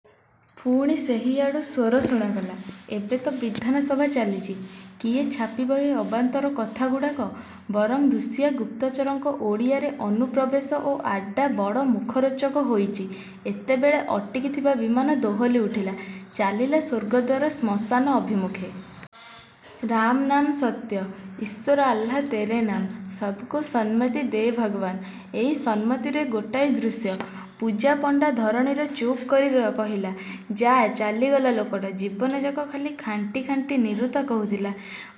" ପୁଣି ସେହିଆଡ଼ୁ ସ୍ଵର ଶୁଣାଗଲା.. "ଏବେ ତ ବିଧାନସଭା ଚାଲିଛି; କିଏ ଛାପିବ ଏ ଅବାନ୍ତର କଥାଗୁଡ଼ାକ? ବରଂ ଋଷିଆ ଗୁପ୍ତଚରଙ୍କର ଓଡ଼ିଆରେ ଅନୁପ୍ରବେଶ ଓ ଆଡ଼୍ଡ଼ା ବଡ଼ ମୁଖରୋଚକ ହୋଇଛି ଏତେବେଳେ... " ଅଟକିଥିବା ବିମାନ ଦୋହଲି ଉଠିଲା.. ଚାଲିଲା ସ୍ଵର୍ଗଦ୍ଵାର ଶ୍ମଶାନ ଅଭିମୁଖେ.. ରାମ ନାମ ସତ୍ୟ.. ଈଶ୍ୱର ଆଲ୍ଲା ତେରେ ନାମ୍.. ସବ୍କୋ ସନ୍ମତି ଦେ ଭଗବାନ... ଏହି ସନ୍ମତିରେ ଗୋଟାଏ ଦୃଶ୍ୟ... ପୂଜାପଣ୍ଡା ଧରଣୀଧର ଚୁପଚୁପ କରି କହିଲେ.. "ଯାଃ ଚଲିଗଲା ଲୋକଟା... ଜୀବନଯାକ ଖାଲି ଖାଣ୍ଟି ଖାଣ୍ଟି ନିରୁତା କଥା କହୁଥିଲା।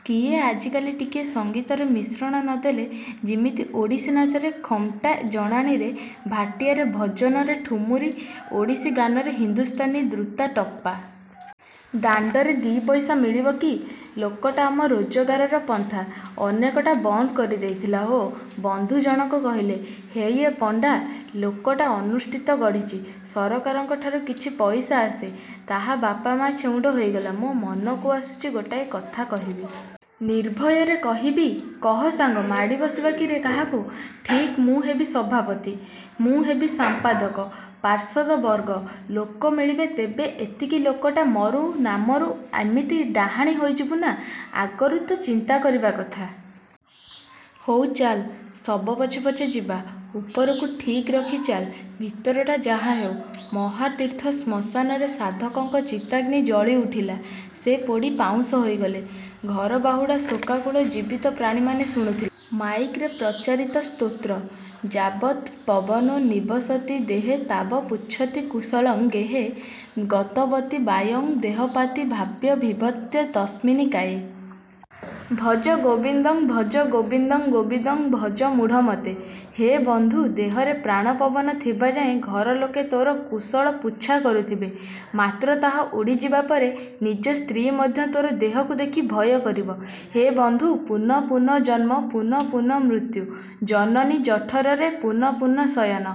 କିଓ, ଆଜିକାଲି ଟିକିଏ ସଙ୍ଗୀତରେ ମିଶ୍ରଣ ନଦେଲେ, ଯିମିତି ଓଡ଼ିଶୀ ନାଚରେ ଖମ୍ଟା, ଜଣାଣରେ ଭାଟିଆରି, ଭଜନରେ ଠୁମୁରି, ଓଡ଼ିଶୀ ଗାନରେ ହିନ୍ଦୁସ୍ଥାନୀ ଦ୍ରୁତ ଟପ୍ପା... ଦାଣ୍ଡରେ ଦି'ପଇସା ମିଳିବ କି? ଲୋକଟା ଆମ ରୋଜଗାରର ପନ୍ଥା ଅନେକଟା ବନ୍ଦ କରିଦେଇଥିଲା ହୋ... " ବନ୍ଧୁ ଜଣକ କହିଲେ–"ହେଇଏ ପଣ୍ଡେ, ଲୋକଟା ଅନୁଷ୍ଠାନ ଗଢ଼ିଛି, ସରକାରଙ୍କଠାରୁ କିଛି ପଇସା ଆସେ; ତାହା ବାପ-ମା'–ଛେଉଣ୍ଡ ହୋଇଗଲା.. ମୋର ମନକୁ ଆସୁଛି ଗୋଟାଏ କଥା କହିବି? ନିର୍ଭୟରେ କହିବି? " -କହ ସାଙ୍ଗ। -ମାଡ଼ିବସିବା। -କିରେ କାହାକୁ? -ଠିକ୍, ମୁଁ ହେବି ସଭାପତି। -ମୁଁ ହେବି ସମ୍ପାଦକ। -ପାର୍ଷଦବର୍ଗ? -ଲୋକ ମିଳିବେ। -ତେବେ ଏତିକି... ଲୋକଟା ମରୁ ନାମରୁ ଏମିତି ଆମେ ଡାହାଣା ହୋଇଯିବା ନା? -ଆଗରୁ ତ ଚିନ୍ତା କରିବା କଥା? -ହଉ, ଚାଲ୍, ଶବ ପଛେ ପଛେ ଯିବା-ଉପରକୁ ଠିକ୍ ରଖି ଚାଲ୍, ଭିତରଟା ଯାହା ହେଉ ମହାତୀର୍ଥ ଶ୍ମଶାନରେ ସାଧକଙ୍କର ଚିତାଗ୍ନି ଜଳିଉଠିଲା.. ସେ ପୋଡ଼ି ପାଉଁଶ ହୋଇଗଲେ ଘରବହୁଡ଼ା ଶୋକାକୁଳ ଜୀବିତ ପ୍ରାଣୀମାନେ ଶୁଣୁଥିଲେ ମାଇକରେ ପ୍ରଚାରିତ ସ୍ତୋତ୍ର... 'ଯାବତ୍ ପବନୋ ନିବସତି ଦେହେ ତାବତ୍ ପୁଚ୍ଛତି କୁଶଳଂ ଗେହେ ଗତବତି ବାୟୌ ଦେହାପାୟେ ଭାର୍ଯ୍ୟା ବିଭ୍ୟତି ତସ୍ମିନ୍ କାୟେ। ଭଜ ଗୋବିନ୍ଦଂ ଭଜ ଗୋବିନ୍ଦଂ ଗୋବିନ୍ଦଂ ଭଜ ମୂଢ଼ମତେ। ' ହେ ବନ୍ଧୁ, ଦେହରେ ପ୍ରାଣପବନ ଥିବାଯାଏ ଘରର ଲୋକେ ତୋ'ର କୁଶଳ ପୁଚ୍ଛା କରୁଥିବେ। ମାତ୍ର ତାହା ଉଡ଼ିଯିବା ପରେ ନିଜ ସ୍ତ୍ରୀ ମଧ୍ୟ ତୋ'ର ଦେହକୁ ଦେଖି ଭୟକରିବ। ହେ ବନ୍ଧୁ, ପୁନଃ ପୁନଃ ଜନ୍ମ, ପୁନଃ ପୁନଃ ମୃତ୍ୟୁ, ଜନନୀ ଜଠରରେ ପୁନଃ ପୁନଃ ଶୟନ…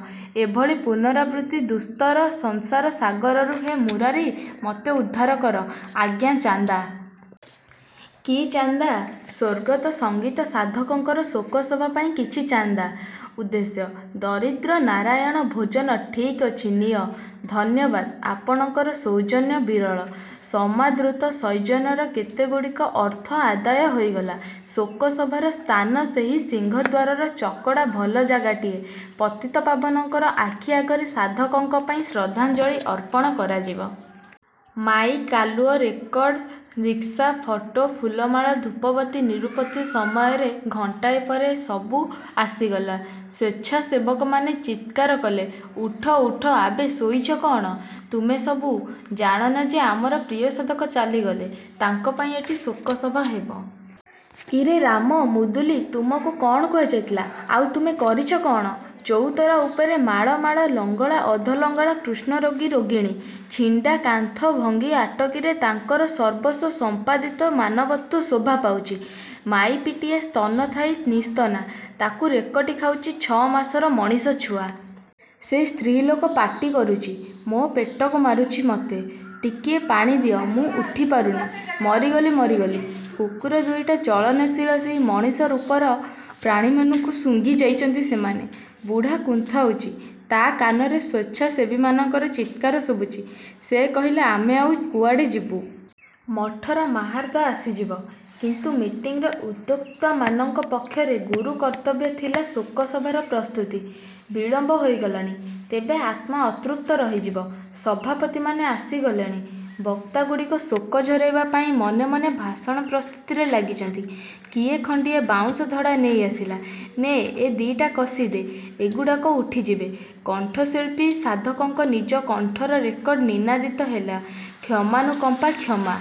ଏହିଭଳି ପୁନରାବର୍ତ୍ତିତ ଦୁସ୍ତର ସଂସାର-ସାଗରରୁ, ହେ ମୁରାରି, ମତେ ଉଦ୍ଧାର କର… -ଆଜ୍ଞା ଚାନ୍ଦା? -କି ଚାନ୍ଦା? -ସ୍ୱର୍ଗତ ସଙ୍ଗୀତ ସାଧକଙ୍କର ଶୋକସଭା ପାଇଁ କିଛି ଚାନ୍ଦା। -ଉଦ୍ଦେଶ୍ୟ? -ଦରିଦ୍ରନାରାୟଣ ଭୋଜନ… -ଠିକ୍ ଅଛି, ନିଅ… -ଧନ୍ୟବାଦ, ଆପଣଙ୍କର ସୌଜନ୍ୟ ବିରଳ। ସମାଦୃତ ସୌଜନ୍ୟର କେତେଗୁଡ଼ିଏ ଅର୍ଥ ଆଦାୟ ହୋଇଗଲା। ଶୋକସଭାର ସ୍ଥାନ ସେହି ସିଂହଦ୍ୱାରର ଚକଡ଼ା.. ଭଲ ଜାଗାଟିଏ… ପତିତପାବନଙ୍କର ଆଖିଆଗରେ ସାଧକଙ୍କ ପାଇଁ ଶ୍ରଦ୍ଧାଞ୍ଜଳି ଅର୍ପଣ କରାଯିବ। ମାଇକ୍, ଆଲୁଅ, ରେକର୍ଡ଼, ରିକ୍ସା, ଫଟୋ, ଫୁଲମାଳ, ଧୂପବତୀ… ନିରୂପିତ ସମୟରେ ଘଣ୍ଟାଏ ପରେ ସବୁ ଆସିଗଲା… ସ୍ୱଚ୍ଛାସେବକମାନେ ଚିତ୍କାର କଲେ… ଉଠ, ଉଠ; ଆବେ ଶୋଇଛ କଅଣ? ତମେ ସବୁ। ଜାଣନା ଯେ ଆମର ପ୍ରିୟ ସାଧକ ଚାଲିଗଲେ? ତାଙ୍କ ପାଇଁ ଏଠି ଶୋକସଭା ହେବ? କିରେ ରାମ, ମୁଦୁଲି, ତମକୁ କଅଣ କୁହାଯାଇଥିଲା, ଆଉ ତୁମେ କରିଛ କଅଣ? ଚଉତରା ଉପରେ ମାଳମାଳ ଲଙ୍ଗଳା, ଅଧଲଙ୍ଗଳା କୁଷ୍ଠରୋଗୀ ରୋଗିଣୀ। ଛିଣ୍ଡା କନ୍ଥା, ଭଙ୍ଗା ଆଟିକାରେ ତାଙ୍କର ସର୍ବସ୍ୱ ସମ୍ପାଦିତ ମାନବତ୍ଵ ଶୋଭାପାଉଛି। ମାଇପିଟିଏ-ସ୍ତନ ଥାଇ ନିଃସ୍ତନା; ତାକୁ ରେକୁଟି ଖାଉଛି ଛଅମାସର ମଣିଷଛୁଆ। ସେ ସ୍ତ୍ରୀଲୋକ ପାଟି କରୁଛି, ମୋ ପେଟକୁ ମାରୁଛି-ମତେ ଟିକିଏ ପାଣି ଦିଅ, ମୁଁ ଉଠିପାରୁନି। ମରିଗଲି, ମରିଗଲି… କୁକୁର ଦୁଇଟା ଚଳନଶୀଳ ସେହି ମଣିଷ ରୂପର ପ୍ରାଣୀମାନଙ୍କୁ ଶୁଙ୍ଘିଯାଇଛନ୍ତି ସେମାନେ। ବୁଢ଼ା କୁନ୍ଥାଉଛି, ତା କାନରେ ସ୍ଵଚ୍ଛାସେବୀମାନଙ୍କର ଚିତ୍କାର ଶୁଭୁଛି। ସେ କହିଲା–ଆମେ ଆଉ କୁଆଡ଼େ ଯିବୁ? ମଠର ମାହାର୍ଦ ଆସିଯିବ। କିନ୍ତୁ ମିଟିଂର ଉଦ୍ୟୋକ୍ତାମାନଙ୍କ ପକ୍ଷରେ ଗୁରୁକର୍ତ୍ତବ୍ୟ ଥିଲା ଶୋକସଭାର ପ୍ରସ୍ତୁତି… ବିଳମ୍ବ ହୋଇଗଲାଣି, ତେବେ ଆତ୍ମା ଅତୃପ୍ତ ରହିଯିବ–ସଭାପତି ଆସିଗଲେଣି। ବକ୍ତାଗୁଡ଼ାକ ଶୋକ ଝରାଇବା ପାଇଁ ମନେ ମନେ ଭାଷଣ–ପ୍ରସ୍ତୁତିରେ ଲାଗିଛନ୍ତି। କିଏ ଖଣ୍ଡିଏ ବାଉଁଶ ଧଡ଼ା ନେଇ ଆସିଲା। ନେଃ… ଦିଟା କଷିଦେ… ଏଗୁଡ଼ାକ ଉଠିଯିବେ। କଣ୍ଠଶିଳ୍ପୀ–ସାଧକଙ୍କର ନିଜ କଣ୍ଠର ରେକର୍ଡ଼ ନିନାଦିତ ହେଲା 'କ୍ଷମାନୁକମ୍ପା… ' କ୍ଷମା?